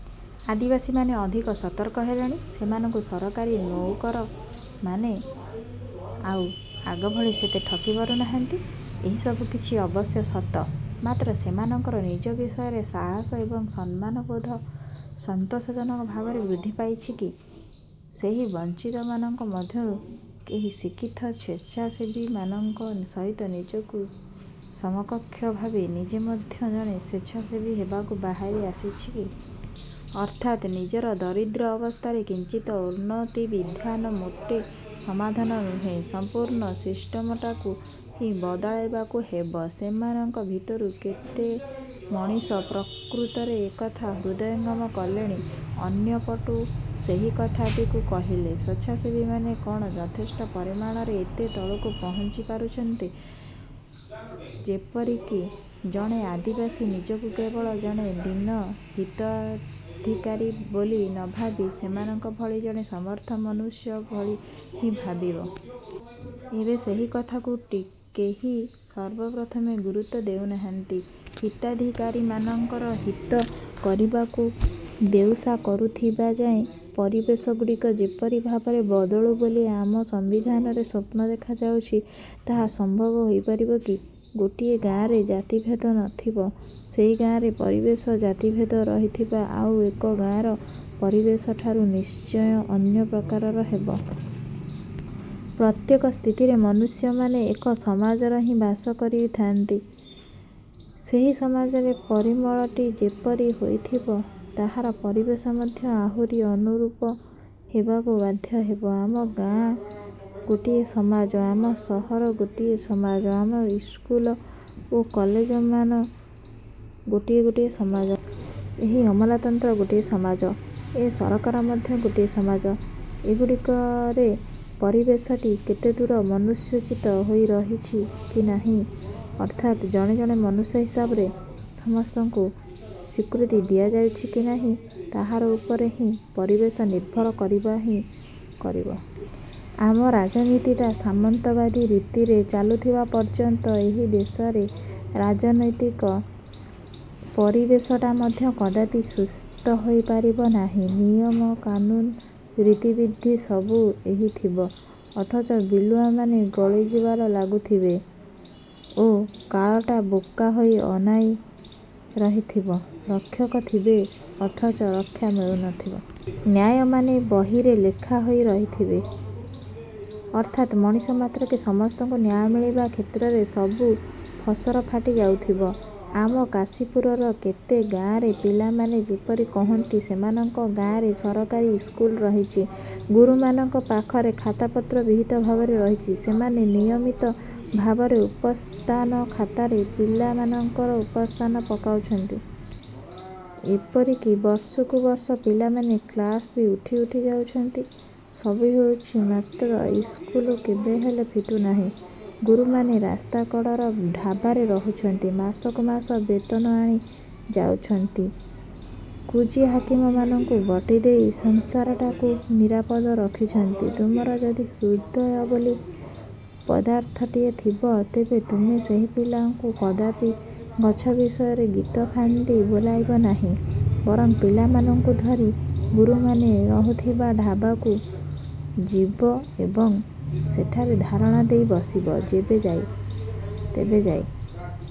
ଆଦିବାସୀମାନେ ଅଧିକ ସତର୍କ ହେଲେଣି, ସେମାନଙ୍କୁ ସରକାରୀ ନଉକରମାନେ ଆଉ ଆଗଭଳି ସେତେ ଠକି ପାରୁନାହାନ୍ତି। ଏହି ସବୁକିଛି ଅବଶ୍ୟ ସତ। ମାତ୍ର ସେମାନଙ୍କର ନିଜ ବିଷୟରେ ସାହସ ଏବଂ ସମ୍ମାନବୋଧ ସନ୍ତୋଷଜନକ ଭାବରେ ବୃଦ୍ଧି ପାଇଛି କି? ସେହି ବଂଚିତମାନଙ୍କ ମଧ୍ୟରୁ କେହି ଶିକ୍ଷିତ ସ୍ୱେଚ୍ଛାସେବୀମାନଙ୍କ ସହିତ ନିଜକୁ ସମକକ୍ଷ ଭାବି ନିଜେ ମଧ୍ୟ ଜଣେ ସ୍ୱେଚ୍ଛାସେବୀ ହେବାକୁ ବାହାରି ଆସିଛି କି? ଅର୍ଥାତ୍ ନିଜର ଦରିଦ୍ର ଅବସ୍ଥାରେ କିଞ୍ଚିତ ଉନ୍ନତିବିଧାନ ମୋଟେ ସମାଧାନ ନୁହେଁ, ସମ୍ପୂର୍ଣ୍ଣ ସିଷ୍ଟମଟାକୁ ହିଁ ବଦଳାଇବାକୁ ହେବ- ସେମାନଙ୍କ ଭିତରୁ କେତେ ମଣିଷ ପ୍ରକୃତରେ ଏକଥା ହୃଦୟଙ୍ଗମ କଲେଣି-? ଅନ୍ୟପଟୁ ସେହିକଥାଟିକୁ କହିଲେ, ସ୍ୱେଚ୍ଛାସେବୀମାନେ କ'ଣ ଯଥେଷ୍ଟ ପରିମାଣରେ ଏତେ ତଳକୁ ପହଂଚି ପାରିଛନ୍ତି, ଯେପରିକି ଜଣେ ଆଦିବାସୀ ନିଜକୁ କେବଳ ଜଣେ ଦୀନ ହିତାଧିକାରୀ ବୋଲି ନଭାବି ସେମାନଙ୍କ ଭଳି ଜଣେ ସମର୍ଥ ମନୁଷ୍ୟ ଭଳି ହିଁ ଭାବିବ? ଏବେ ସେହି କଥାଟିକୁ କେହି ସର୍ବପ୍ରଥମ ଗୁରୁତ୍ୱ ଦେଉନାହାନ୍ତି। ହିତାଧିକାରୀମାନଙ୍କର ହିତ କରିବାକୁ ବେଉସା କରିଥିବା ଯାଏ ପରିବେଶଗୁଡ଼ିକ ଯେପରି ଭାବରେ ବଦଳୁ ବୋଲି ଆମ ସମ୍ବିଧାନରେ ସ୍ୱପ୍ନ ଦେଖାଯାଇଛି, ତାହା ସମ୍ଭବ ହୋଇପାରିବ କି? ଗୋଟିଏ ଗାଆଁରେ ଜାତିଭେଦ ନଥିବ, ସେହି ଗାଆଁର ପରିବେଶ ଜାତିଭେଦ ରହିଥିବା ଆଉ ଏକ ଗାଆଁର ପରିବେଶଠାରୁ ନିଶ୍ଚୟ ଅନ୍ୟ ପ୍ରକାରର ହେବ। ପ୍ରତ୍ୟେକ ସ୍ଥିତିରେ ମନୁଷ୍ୟମାନେ ଏକ ସମାଜରେ ହିଁ ବାସ କରୁଥାନ୍ତି। ସେହି ସମାଜର ପରିମଳଟି ଯେପରି ହୋଇଥିବ, ତାହାର ପରିବେଶ ମଧ୍ୟ ତାହାରି ଅନୁରୂପ ହେବାକୁ ବାଧ୍ୟ ହେବ। ଆମ ଗାଆଁ ଗୋଟିଏ ସମାଜ, ଆମ ସହର ଗୋଟିଏ ସମାଜ, ଆମର ଇସ୍କୁଲ ଓ କଲେଜମାନେ ଗୋଟିଏ ଗୋଟିଏ ସମାଜ। ଏହି ଅମଲାତନ୍ତ୍ର ଗୋଟିଏ ସମାଜ, ଏ ସରକାର ମଧ୍ୟ ଗୋଟିଏ ସମାଜ। ଏଗୁଡ଼ିକରେ ପରିବେଶଟି କେତେଦୂର ମନୁଷ୍ୟୋଚିତ ହୋଇ ରହିଛି କି ନାହିଁ, ଅର୍ଥାତ୍ ଜଣେ ଜଣେ ମନୁଷ୍ୟ ହିସାବରେ ସମସ୍ତଙ୍କୁ ସ୍ୱୀକୃତି ଦିଆଯାଉଛି କି ନାହିଁ, ତାହାରି ଉପରେ ହିଁ ପରିବେଶ ନିର୍ଭର କରିବ ହିଁ କରିବ। ଆମ ରାଜନୀତିଟା ସାମନ୍ତବାଦୀ ରୀତିରେ ଚାଲୁଥିବା ପର୍ଯ୍ୟନ୍ତ ଏହି ଦେଶରେ ରାଜନୀତିକ ପରିବେଶଟା ମଧ୍ୟ କଦାପି ସୁସ୍ତ ହୋଇପାରିବ ନାହିଁ। ନିୟମ କାନୁନ୍, ରୀତିବିଧି ସବୁ ରହିଥିବ, ଅଥଚ ବିଲୁଆମାନେ ଗଳି ଯିବାରେ ଲାଗିଥିବେ ଓ କାଳଟା ବୋକା ହୋଇ ଅନାଇ ରହିଥିବ। ରକ୍ଷକ ଥିବେ, ଅଥଚ ରକ୍ଷା ମିଳୁନଥିବ। ନ୍ୟାୟମାନେ ବହିରେ ଲେଖା ହୋଇ ରହିଥିବେ। ଅର୍ଥାତ୍ ମଣିଷ ମାତ୍ରକେ ସମସ୍ତଙ୍କୁ ନ୍ୟାୟ ମିଳିବା କ୍ଷେତ୍ରରେ ସବୁ ପସରଫାଟି ଯାଉଥିବ। ଆମ କାଶୀପୁରର କେତେ ଗାଆଁରେ ପିଲାମାନେ ଯେପରି କହନ୍ତି, ସେମାନଙ୍କ ଗାଆଁରେ ସରକାରୀ ଇସ୍କୁଲ ରହିଛି, ଗୁରୁମାନଙ୍କ ପାଖରେ ଖାତାପତ୍ର ବିହିତ ଭାବରେ ରହିଛି, ସେମାନେ ନିୟମିତ ଭାବରେ ଉପସ୍ଥାନ ଖାତାରେ ପିଲାମାନଙ୍କର ଉପସ୍ଥାନ ପକାଉଛନ୍ତି। ଏପରିକି ବର୍ଷକୁ ବର୍ଷ ପିଲାମାନେ କ୍ଲାସ ବି ଉଠି ଉଠି ଯାଉଛନ୍ତି। ସବୁ ହେଉଛି ମାତ୍ର ଇସ୍କୁଲ କେବେହେଲେ ଫିଟୁନାହିଁ। ଗୁରୁମାନେ ରାସ୍ତାକଡ଼ର ଢାବାରେ ରହୁଛନ୍ତି। ମାସକୁ ମାସ ବେତନ ଆଣି ଯାଉଛନ୍ତି, କୁଜି ହାକିମମାନଙ୍କୁ ବଟି ଦେଇ ସଂସାରଟାକୁ ନିରାପଦ ରଖିଛନ୍ତି। ତୁମର ଯଦି ହୃଦୟ ବୋଲି ପଦାର୍ଥଟିଏ ଥିବ, ତେବେ ତୁମେ ସେହି ପିଲାମାନଙ୍କୁ କଦାପି ଗଛ ବିଷୟରେ ଗୀତ ଫାନ୍ଦି ବୋଲାଇବ ନାହିଁ; ବରଂ ପିଲାମାନଙ୍କୁ ଧରି ଗୁରୁମାନେ ରହୁଥିବା ଢାବାକୁ ଯିବ ଏବଂ ସେଠାରେ ଧାରଣା ଦେଇ ବସିବ। ତେବେ ଯାଇ